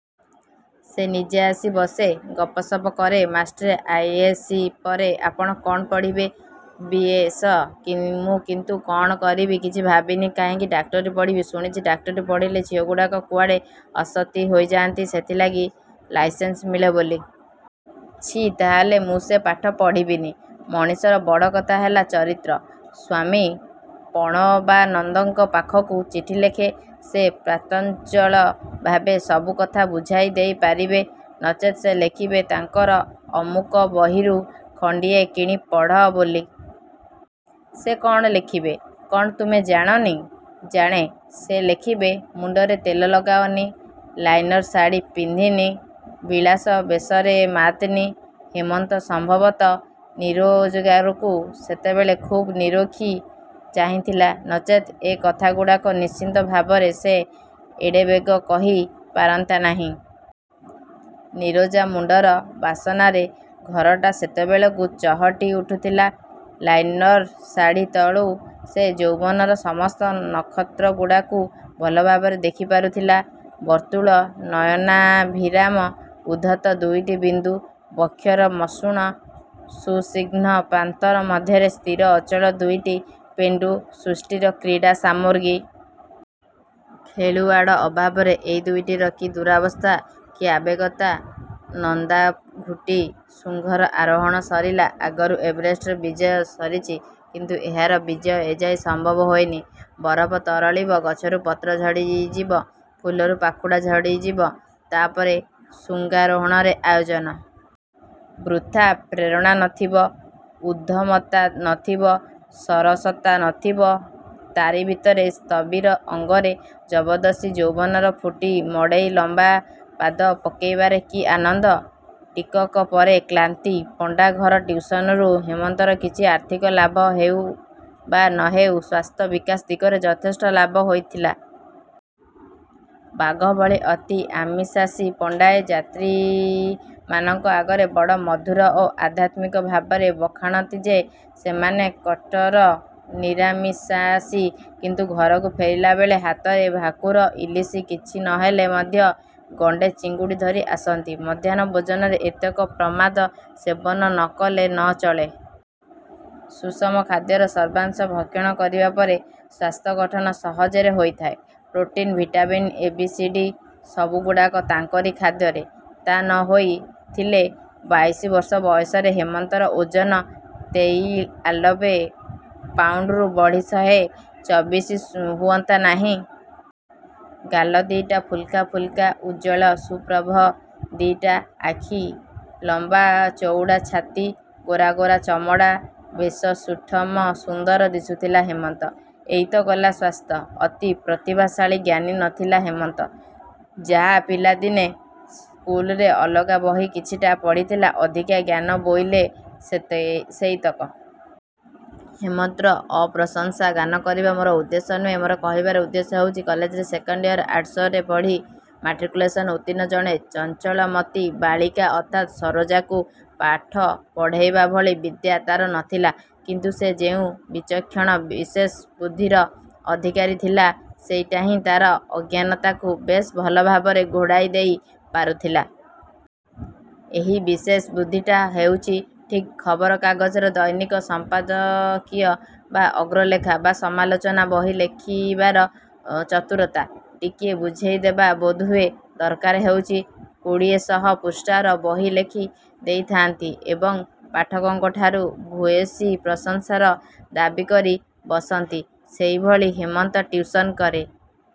ସେ ନିଜେ ଆସି ବସେ, ଗପ ସପ କରେ ,ମାଷ୍ଟ୍ରେ ଆଇ. ଏସ୍. ସି. ପରେ ଆପଣ କଣ ପଢ଼ିବେ? ବି. ଏସ୍. ସ। ମୁଁ କିନ୍ତୁ କଣ କରିବି କିଛି ଭାବିନି। କାହିଁକି ଡାକ୍ତରୀ ପଢ଼ିବ। ଶୁଣିଚି, ଡାକ୍ତରୀ ପଢ଼ିଲେ, ଝିଅଗୁଡ଼ାକ କୁଆଡ଼େ ଅସତୀ ହେଇଯାଆନ୍ତି, ସେଥିଲାଗି ଲାଇସେନ୍ସ ମିଳେ ବୋଲି। ଛି ତାହାହେଲେ, ମୁଁ ସେ ପାଠ ପଢ଼ିବିନି। ମଣିଷର ବଡ଼ କଥା ହେଲା ଚରିତ୍ର। ସ୍ୱାମୀ ପ୍ରଣବାନନ୍ଦଙ୍କ ପାଖକୁ ଚିଠି ଲେଖ, ସେ ପ୍ରାଞ୍ଜଳ ଭାବରେ ସବୁ କଥା ବୁଝାଇ ଦେଇ ପାରିବେ। ନଚେତ ସେ ଲେଖିବେ, ତାଙ୍କର ଅମୁକ ବହିରୁ ଖଣ୍ଡିଏ କିଣି ପଢ଼ ବୋଲି। ସେ କଣ ଲେଖିବେ କଣ ତୁମେ ଜାଣନି? ଜାଣେ, ସେ ଲେଖିବେ, ମୁଣ୍ଡରେ ତେଲ ଲଗାଅନି, ନାଇଲନ ଶାଢ଼ି ପିନ୍ଧିନି, ବିଳାସ ବ୍ୟସନରେ ମାତନି। ହେମନ୍ତ ସମ୍ଭବତଃ ନିରୋଜାକୁ ସେତେବେଳ ଖୁବ୍ ନିରେଖି ଚାହିଁଥିଲା ନଚେତ୍ ଏ କଥାଗୁଡ଼ାକ ନିଶ୍ଚିନ୍ତ ଭାବରେ ସେ ଏଡ଼େବେଗ କହି ପାରନ୍ତା ନାହିଁ। ନିରୋଜା ମୁଣ୍ଡର ବାସନାରେ ଘରଟା ସେତେବେଳକୁ ଚହଟି ଉଠୁଥିଲା। ନାଇଲନ ଶାଢ଼ୀ ତଳୁ ସେ ଯୌବନର ସମସ୍ତ ନକ୍ଷତ୍ରଗୁଡ଼ାକୁ ଭଲ ଭାବରେ ଦେଖି ପାରୁଥିଲା। ବର୍ତ୍ତୁଳ ନୟନାଭିରାମ ଉଦ୍ଧତ ଦୁଇଟି ବିନ୍ଦୁ। ବକ୍ଷର ମସୃଣ ସୁସ୍ନିଗ୍ଧ ପ୍ରାନ୍ତର ମଧ୍ୟରେ ସ୍ଥିର ଅଚଳ ଦୁଇଟି ପେଣ୍ଡୁ ସୃଷ୍ଟିର କ୍ରୀଡ଼ାସାମଗ୍ରୀ। ଖେଳୁଆଡ଼ ଅଭାବରେ ଏ ଦୁଇଟିର କି ଦୂରବସ୍ଥା! କି ଆବେଗତା, ନନ୍ଦାଙ୍ଘୁଟି ଶୃଙ୍ଗର ଆରୋହଣ ସରିଲା, ଆଗରୁ ଏଭେରେଷ୍ଟ୍ ବିଜୟ ସରିଚି କିନ୍ତୁ ଏହାର ବିଜୟ ଏଯାଏଁ ସମ୍ଭବ ହୋଇନି। ବରଫତରଳିବ, ଗଛରୁ ପତ୍ର ଝଡ଼ିଯିବ, ଫୁଲରୁ ପାଖୁଡ଼ା ଝଡ଼ିଯିବ, ତା ପରେ ଶୃଙ୍ଗାରୋହଣର ଆୟୋଜନ? ବୃଥା! ପ୍ରେରଣା ନଥିବ, ଉଦ୍ଦମତା ନ ଥିବ, ସରସତା ନଥିବ, ତାରି ଭିତରେ ସ୍ଥବିର ଅଙ୍ଗରେ ଜବରଦସ୍ତି ଯୌବନର ପୁଟି ମଡ଼େଇ ଲମ୍ବା ପାଦ ପକେଇବାରେ କି ଆନନ୍ଦ। ଟିକକ ପରେ କ୍ଲାନ୍ତି। ପଣ୍ଡା ଘର ଟିଉସନରୁ ହେମନ୍ତର କିଛି ଆର୍ଥିକ ଲାଭ ହେଉ ବା ନହେଉ, ସ୍ୱାସ୍ଥ୍ୟ ବିକାଶ ଦିଗରେ ଯଥେଷ୍ଟ ଲାଭ ହୋଇଥିଲା। ବାଘ ଭଳି ଅତି ଆମିଷାଶୀ ପଣ୍ଡାଏ, ଯାତ୍ରୀମାନଙ୍କ ଆଗରେ ବଡ଼ ମଧୁର ଓ ଅଧ୍ୟାତ୍ମିକ ଭାବରେ ବଖାଣନ୍ତି ଯେ, ସେମାନେ କଟ୍ଟର ନିରାମିଷାଶୀ କିନ୍ତୁ ଘରକୁ ଫେରିଲାବେଳେ ହାତରେ ଭାକୁର, ଇଲିସ କିଛି ନହେଲେ ମଧ୍ୟ ଗଣ୍ଡେ ଚିଙ୍ଗୁଡ଼ି ଧରି ଆସନ୍ତି। ମଧ୍ୟାହ୍ନ ଭୋଜନରେ ଏତକ ପ୍ରମାଦ ସେବନ ନ କଲେ ନ ଚଳେ। ସୁଷମ ଖାଦ୍ୟର ସର୍ବାଂଶ ଭକ୍ଷଣ କରିବା ପରେ ସ୍ୱାସ୍ଥ୍ୟଗଠନ ସହଜେ ହୋଇ ଥାଏ। Protein, vitamin, A. B. C. D ସବୁଗୁଡ଼ାକ ତାଙ୍କରି ଖାଦ୍ୟରେ। ତା'ନହୋଇ ଥିଲେ, ବାଇସି ବର୍ଷ ବୟସରେ ହେମନ୍ତର ଓଜନ ତୈଇଆଲବେ ପାଉଣ୍ଡରୁ ବଢ଼ି ଶହେ ଚଳିଶି ହୁଅନ୍ତା ନାହିଁ। ଗାଲ ଦିଇଟା ଫୁଲକା ଫୁଲକା, ଉଜ୍ଜ୍ୱଳ ସୁପ୍ରଭ ଦିଇଟା ଆଖି, ଲମ୍ବା ଚଉଡ଼ାଛାତି, ଗୋରା ଗୋରା ଚମଡ଼ା। ବେଶ ସୁଠମ ସୁନ୍ଦର ଦିଶୁଥିଲା ହେମନ୍ତ। ଏଇତ ଗଲା ସ୍ୱାସ୍ଥ୍ୟ! ଅତି ପ୍ରତିଭାଶାଳୀ ଜ୍ଞାନୀ ନଥିଲା ହେମନ୍ତ। ଯାହା ପିଲାଦିନେ ସ୍କୁଲରେ ଅଲଗା ବହି କିଛିଟା ପଢ଼ିଥିଲା, ଅଧିକା ଜ୍ଞାନ ବୋଇଲେ ସେତେ ସେଇତକ। ହେମନ୍ତର ଅପ୍ରଶଂସା ଗାନ କରିବା ମୋର ଉଦ୍ଦେଶ୍ୟ ନୁହେଁ। ମୋର କହିବାର ଉଦ୍ଦେଶ୍ୟ ହେଉଛି, କଲେଜର ସେକେଣ୍ଡ ଇଅର ଆର୍ଟସରେ ପଢ଼ି, ମାଟ୍ରିକୁଂଲେସନ ଉତ୍ତୀର୍ଣ୍ଣ ଜଣେ ଚଞ୍ଚଳମତି ବାଳିକା ଅର୍ଥାତ୍ ସରୋଜାକୁ ପାଠ ପଢ଼େଇବା ଭଳି ବିଦ୍ୟା ତାର ନଥିଲା କିନ୍ତୁ ସେ ଯେଉଁ ବିଚକ୍ଷଣ ବିଶେଷ ବୁଦ୍ଧିର ଅଧିକାରୀ ଥିଲା, ସେଇଟାହିଁ ତାର ଅଜ୍ଞାନତାକୁ ବେଶ ଭଲ ଭାବରେ ଘୋଡ଼ାଇ ଦେଇ ପାରୁଥିଲା। ଏହି ବିଶେଷ ବୁଦ୍ଧିଟା ହେଉଚି ଠିକ୍ ଖବର କାଗଜର ଦୈନିକ ସଂପାଦକୀୟ ବା ଅଗ୍ରଲେଖା ବା ସମାଲୋଚନା ବହି ଲେଖିବାର ଚତୁରତା। ଟିକିଏ ବୁଝେଇଦେବା ବୋଧହୁଏ ଦରକାର ହେଉଚି। କୋଡିଏଶହ ପୃଷ୍ଠାର ବହି ଲେଖି ଦେଇ ଥାଆନ୍ତି ଏବଂ ପାଠକଙ୍କଠାରୁ ଭୂୟସୀ ପ୍ରଶଂସା ର ଦାବୀ କରି ବସନ୍ତି, ସେହିଭଳି ହେମନ୍ତ ଟିଉସନ କରେ।